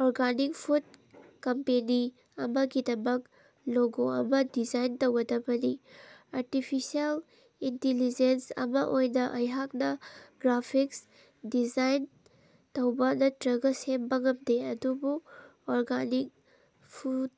Organic food company ꯑꯃꯒꯤꯗꯃꯛ logo ꯑꯃꯥ design ꯇꯧꯒꯗꯕꯅꯤ꯫ ꯑꯔꯇꯤꯐꯤꯁꯦꯜ ꯏꯟꯇꯤꯂꯤꯖꯦꯟꯁ ꯑꯃꯥ ꯑꯣꯏꯅꯥ ꯑꯩꯍꯥꯛꯅꯥ ꯒ꯭ꯔꯥꯐꯤꯛꯁ ꯗꯤꯖꯥꯏꯟ ꯇꯧꯕꯥ ꯅꯠꯇ꯭ꯔꯒꯥ ꯁꯦꯝꯕꯥ ꯉꯝꯗꯦ, ꯑꯗꯨꯕꯨ ꯑꯣꯔꯒꯥꯅꯤꯛ ꯐꯨꯗ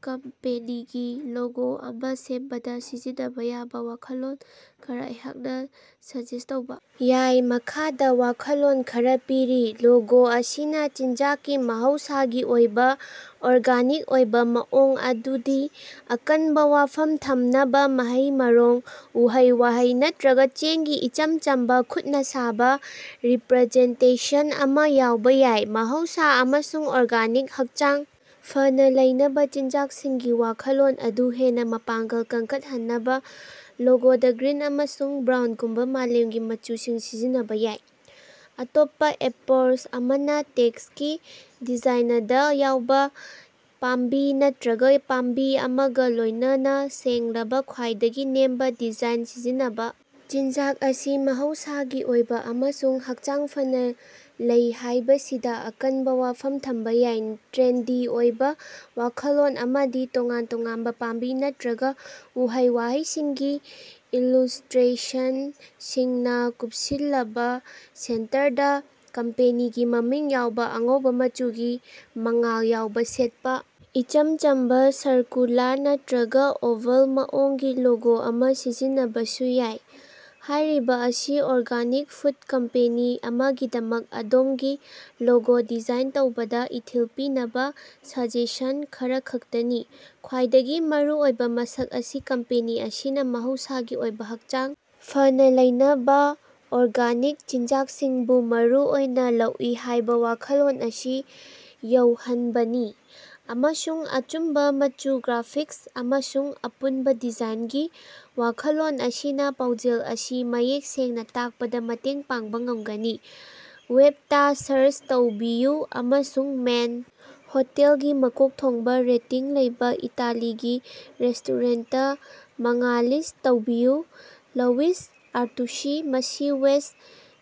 ꯀꯝꯄꯦꯅꯤꯒꯤ ꯂꯣꯒꯣ ꯑꯃꯥ ꯁꯦꯝꯕꯗꯥ ꯁꯤꯖꯤꯟꯅꯕꯥ ꯌꯥꯕꯥ ꯋꯥꯈꯜꯂꯣꯟ ꯈꯔꯥ ꯑꯩꯍꯥꯛꯅꯥ ꯁꯖꯦꯁ ꯇꯧꯕꯥ ꯌꯥꯏ꯫ ꯃꯈꯥꯗꯥ ꯋꯥꯈꯜꯂꯣꯟ ꯈꯔꯥ ꯄꯤꯔꯤ: ꯂꯣꯒꯣ ꯑꯁꯤꯅꯥ ꯆꯤꯟꯖꯥꯛꯀꯤ ꯃꯍꯧꯁꯥꯒꯤ ꯑꯣꯏꯕꯥ, ꯑꯣꯔꯒꯥꯅꯤꯛ ꯑꯣꯏꯕꯥ ꯃꯑꯣꯡ ꯑꯗꯨꯗꯥ ꯑꯀꯟꯕꯥ ꯋꯥꯐꯝ ꯊꯝꯅꯕꯥ ꯃꯍꯩ-ꯃꯔꯣꯡ, ꯎꯍꯩ-ꯋꯥꯍꯩ ꯅꯠꯇ꯭ꯔꯒꯥ ꯆꯦꯡꯒꯤ ꯏꯆꯝ ꯆꯝꯕꯥ, ꯈꯨꯠꯅꯥ ꯁꯥꯕꯥ ꯔꯤꯄ꯭ꯔꯖꯦꯟꯇꯦꯁꯟ ꯑꯃꯥ ꯌꯥꯎꯕꯥ ꯌꯥꯏ꯫ ꯃꯍꯧꯁꯥ ꯑꯃꯁꯨꯡ ꯑꯣꯔꯒꯥꯅꯤꯛ, ꯍꯛꯆꯥꯡ ꯐꯅꯥ ꯂꯩꯅꯕꯥ ꯆꯤꯟꯖꯥꯛꯁꯤꯡꯒꯤ ꯋꯥꯈꯜꯂꯣꯟ ꯑꯗꯨ ꯍꯦꯟꯅꯥ ꯃꯄꯥꯡꯒꯜ ꯀꯟꯈꯠꯍꯟꯅꯕꯥ ꯂꯣꯒꯣꯗꯥ ꯒ꯭ꯔꯤꯟ ꯑꯃꯁꯨꯡ ꯕ꯭ꯔꯥꯎꯟꯒꯨꯝꯕꯥ ꯃꯥꯂꯦꯝꯒꯤ ꯃꯆꯨꯁꯤꯡ ꯁꯤꯖꯤꯟꯅꯕꯥ ꯌꯥꯏ꯫ ꯑꯇꯣꯞꯄꯥ ꯑꯦꯄ꯭ꯔꯣꯆ ꯑꯃꯅꯥ ꯇꯦꯛꯁ ꯀꯤ ꯗꯤꯖꯥꯏꯅꯗꯥ ꯌꯥꯎꯕꯥ ꯄꯥꯝꯕꯤ ꯅꯠꯇ꯭ꯔꯒꯥ ꯄꯥꯝꯕꯤ ꯑꯃꯒꯥ ꯂꯣꯏꯅꯅ ꯁꯦꯡꯂꯕꯥ, ꯈ꯭ꯋꯥꯏꯗꯒꯤ ꯅꯦꯝꯕꯥ ꯗꯤꯖꯥꯏꯟ ꯁꯤꯖꯤꯟꯅꯕꯥ, ꯆꯤꯟꯖꯥꯛ ꯑꯁꯤ ꯃꯍꯧꯁꯥꯒꯤ ꯑꯣꯏꯕꯥ ꯑꯃꯁꯨꯡ ꯍꯛꯆꯥꯡ ꯐꯅꯥ ꯂꯩ ꯍꯥꯏꯕꯁꯤꯗꯥ ꯑꯀꯟꯕꯥ ꯋꯥꯐꯝ ꯊꯝꯕꯥ ꯌꯥꯏ꯫ ꯇ꯭ꯔꯦꯟꯗꯤ ꯑꯣꯏꯕꯥ ꯋꯥꯈꯜꯂꯣꯟ ꯑꯃꯗꯤ ꯇꯣꯉꯥꯟ ꯇꯣꯉꯥꯟꯕꯥ ꯄꯥꯝꯕꯤ ꯅꯠꯇ꯭ꯔꯒꯥ ꯎꯍꯩ-ꯋꯥꯍꯩꯁꯤꯡꯒꯤ ꯏꯂꯨꯁꯇ꯭ꯔꯦꯁꯟꯁꯤꯡꯅꯥ ꯀꯨꯞꯁꯤꯜꯂꯕꯥ ꯁꯦꯟꯇꯔꯗꯥ ꯀꯝꯄꯦꯅꯤꯒꯤ ꯃꯃꯤꯡ ꯌꯥꯎꯕꯥ ꯑꯉꯧꯕꯥ ꯃꯆꯨꯒꯤ ꯃꯉꯥꯜ ꯌꯥꯎꯕꯥ ꯁꯦꯠꯄꯥ ꯏꯆꯝ ꯆꯝꯕꯥ, ꯁꯔꯀꯨꯂꯥꯔ ꯅꯠꯇ꯭ꯔꯒꯥ ꯑꯣꯚꯜ ꯃꯑꯣꯡꯒꯤ ꯂꯣꯒꯣ ꯑꯃꯥ ꯁꯤꯖꯤꯟꯅꯕꯁꯨ ꯌꯥꯏ꯫ ꯍꯥꯏꯔꯤꯕꯥ ꯑꯁꯤ ꯑꯣꯔꯒꯥꯅꯤꯛ ꯐꯨꯗ ꯀꯝꯄꯦꯅꯤ ꯑꯃꯒꯤꯗꯃꯛ ꯑꯗꯣꯝꯒꯤ ꯂꯣꯒꯣ ꯗꯤꯖꯥꯏꯟ ꯇꯧꯕꯗꯥ ꯏꯊꯤꯜ ꯄꯤꯅꯕꯥ ꯁꯖꯦꯁꯟ ꯈꯔꯈꯛꯇꯅꯤ꯫ ꯈ꯭ꯋꯥꯏꯗꯒꯤ ꯃꯔꯨꯑꯣꯏꯕꯥ ꯃꯁꯛ ꯑꯁꯤ ꯀꯝꯄꯦꯅꯤ ꯑꯁꯤꯅꯥ ꯃꯍꯧꯁꯥꯒꯤ ꯑꯣꯏꯕꯥ, ꯍꯛꯆꯥꯡ ꯐꯅꯥ ꯂꯩꯅꯕꯥ ꯑꯣꯔꯒꯥꯅꯤꯛ ꯆꯤꯟꯖꯥꯛꯁꯤꯡꯕꯨ ꯃꯔꯨ ꯑꯣꯏꯅꯥ ꯂꯧꯏ ꯍꯥꯏꯕꯥ ꯋꯥꯈꯜꯂꯣꯟ ꯑꯁꯤ ꯌꯧꯍꯟꯕꯅꯤ, ꯑꯃꯁꯨꯡ ꯑꯆꯨꯝꯕꯥ ꯃꯆꯨ, ꯒ꯭ꯔꯥꯐꯤꯛꯁ ꯑꯃꯁꯨꯡ ꯑꯄꯨꯟꯕꯥ ꯗꯤꯖꯥꯏꯟꯒꯤ ꯋꯥꯈꯜꯂꯣꯟ ꯑꯁꯤꯅꯥ ꯄꯥꯎꯖꯦꯜ ꯑꯁꯤ ꯃꯌꯦꯛ ꯁꯦꯡꯅꯥ ꯇꯥꯛꯄꯗꯥ ꯃꯇꯦꯡ ꯄꯥꯡꯕꯥ ꯉꯝꯒꯅꯤ꯫ ꯋꯦꯕꯇꯥ ꯁꯥꯔꯆ ꯇꯧꯕꯤꯌꯨ ꯑꯃꯁꯨꯡ ꯃꯦꯟ ꯍꯣꯇꯦꯜꯒꯤ ꯃꯀꯣꯛ ꯊꯣꯡꯕꯥ ꯔꯦꯇꯤꯡ ꯂꯩꯕꯥ ꯏꯇꯥꯂꯤꯒꯤ ꯔꯦꯁꯇꯣꯔꯦꯟꯇ ꯃꯉꯥ ꯂꯤꯁ ꯇꯧꯕꯤꯌꯨ꯫ ꯂꯧꯋꯤꯁ ꯑꯥꯔꯇꯨꯁꯤ: ꯃꯁꯤ ꯋꯦꯁ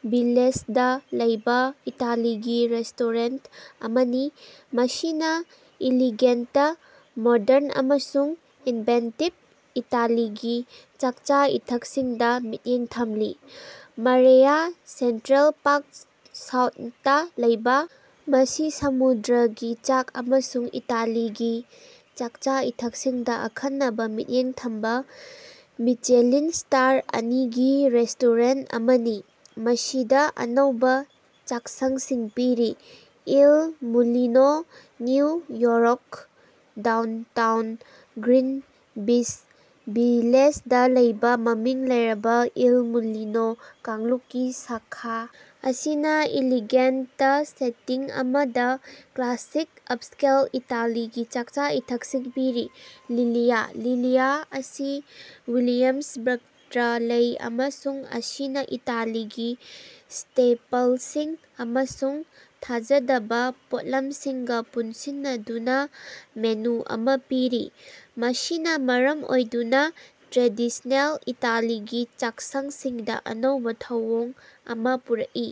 ꯚꯤꯂꯦꯖꯗꯥ ꯂꯩꯕꯥ ꯏꯇꯥꯂꯤꯒꯤ ꯔꯦꯁꯇꯣꯔꯦꯟꯇ ꯑꯃꯅꯤ ꯃꯁꯤꯅꯥ ꯏꯂꯤꯒꯦꯟꯇ, ꯃꯣꯗ꯭ꯔꯟ ꯑꯃꯁꯨꯡ ꯏꯟꯚꯦꯟꯇꯤꯕ ꯏꯇꯥꯂꯤꯒꯤ ꯆꯥꯛꯆꯥ-ꯏꯊꯛꯁꯤꯡꯗꯥ ꯃꯤꯠꯌꯦꯡ ꯊꯝꯂꯤ꯫ ꯃꯥꯔꯦꯌꯥ: ꯁꯦꯟꯇ꯭ꯔꯦꯜ ꯄꯥꯛ ꯁꯥꯎꯠꯇꯥ ꯂꯩꯕꯥ, ꯃꯁꯤ ꯁꯃꯨꯗ꯭ꯔꯒꯤ ꯆꯥꯛ ꯑꯃꯁꯨꯡ ꯏꯇꯥꯂꯤꯒꯤ ꯆꯥꯛꯆꯥ-ꯏꯊꯛꯁꯤꯡꯗꯥ ꯑꯈꯟꯅꯕꯥ ꯃꯤꯠꯌꯦꯡ ꯊꯝꯕꯥ ꯃꯤꯆꯦꯂꯤꯟ ꯁ꯭ꯇꯥꯔ ꯑꯅꯤꯒꯤ ꯔꯦꯁꯇꯣꯔꯦꯟꯇ ꯑꯃꯅꯤ, ꯃꯁꯤꯗꯥ ꯑꯅꯧꯕꯥ ꯆꯥꯛꯁꯪꯁꯤꯡ ꯄꯤꯔꯤ꯫ Il Mulino New York downtown: Greenwich ꯚꯤꯂꯦꯖꯗꯥ ꯂꯩꯕꯥ ꯃꯃꯤꯡ ꯂꯩꯔꯕꯥ ꯏꯜ ꯃꯨꯂꯤꯅꯣ ꯀꯥꯡꯂꯨꯞꯀꯤ ꯁꯥꯈꯥ ꯑꯁꯤꯅꯥ ꯏꯂꯤꯒꯦꯟꯇ ꯁꯦꯇꯤꯡ ꯑꯃꯗꯥ ꯀ꯭ꯂꯥꯁꯤꯛ ꯑꯞꯁꯀꯦꯜ ꯏꯇꯥꯂꯤꯒꯤ ꯆꯥꯛꯆꯥ-ꯏꯊꯛꯁꯤꯡ ꯄꯤꯔꯤ꯫ ꯂꯤꯂꯤꯌꯥ: ꯂꯤꯂꯤꯌꯥ ꯑꯁꯤ ꯋꯤꯂꯤꯌꯝꯁꯕ꯭ꯔꯛꯇꯥ ꯂꯩ ꯑꯃꯁꯨꯡ ꯃꯁꯤꯅꯥ ꯏꯇꯥꯂꯤꯒꯤ ꯁ꯭ꯇꯦꯄꯜꯁꯤꯡ ꯑꯃꯁꯨꯡ ꯊꯥꯖꯗꯕꯥ ꯄꯣꯠꯂꯝꯁꯤꯡꯒꯥ ꯄꯨꯟꯁꯤꯟꯅꯗꯨꯅꯥ ꯃꯦꯅꯨ ꯑꯃꯥ ꯄꯤꯔꯤ, ꯃꯁꯤꯅꯥ ꯃꯔꯝ ꯑꯣꯏꯗꯨꯅꯥ ꯇ꯭ꯔꯦꯗꯤꯁꯅꯦꯜ ꯏꯇꯥꯂꯤꯒꯤ ꯆꯥꯛꯁꯪꯁꯤꯡꯗꯥ ꯑꯅꯧꯕꯥ ꯊꯧꯑꯣꯡ ꯑꯃꯥ ꯄꯨꯔꯛꯏ꯫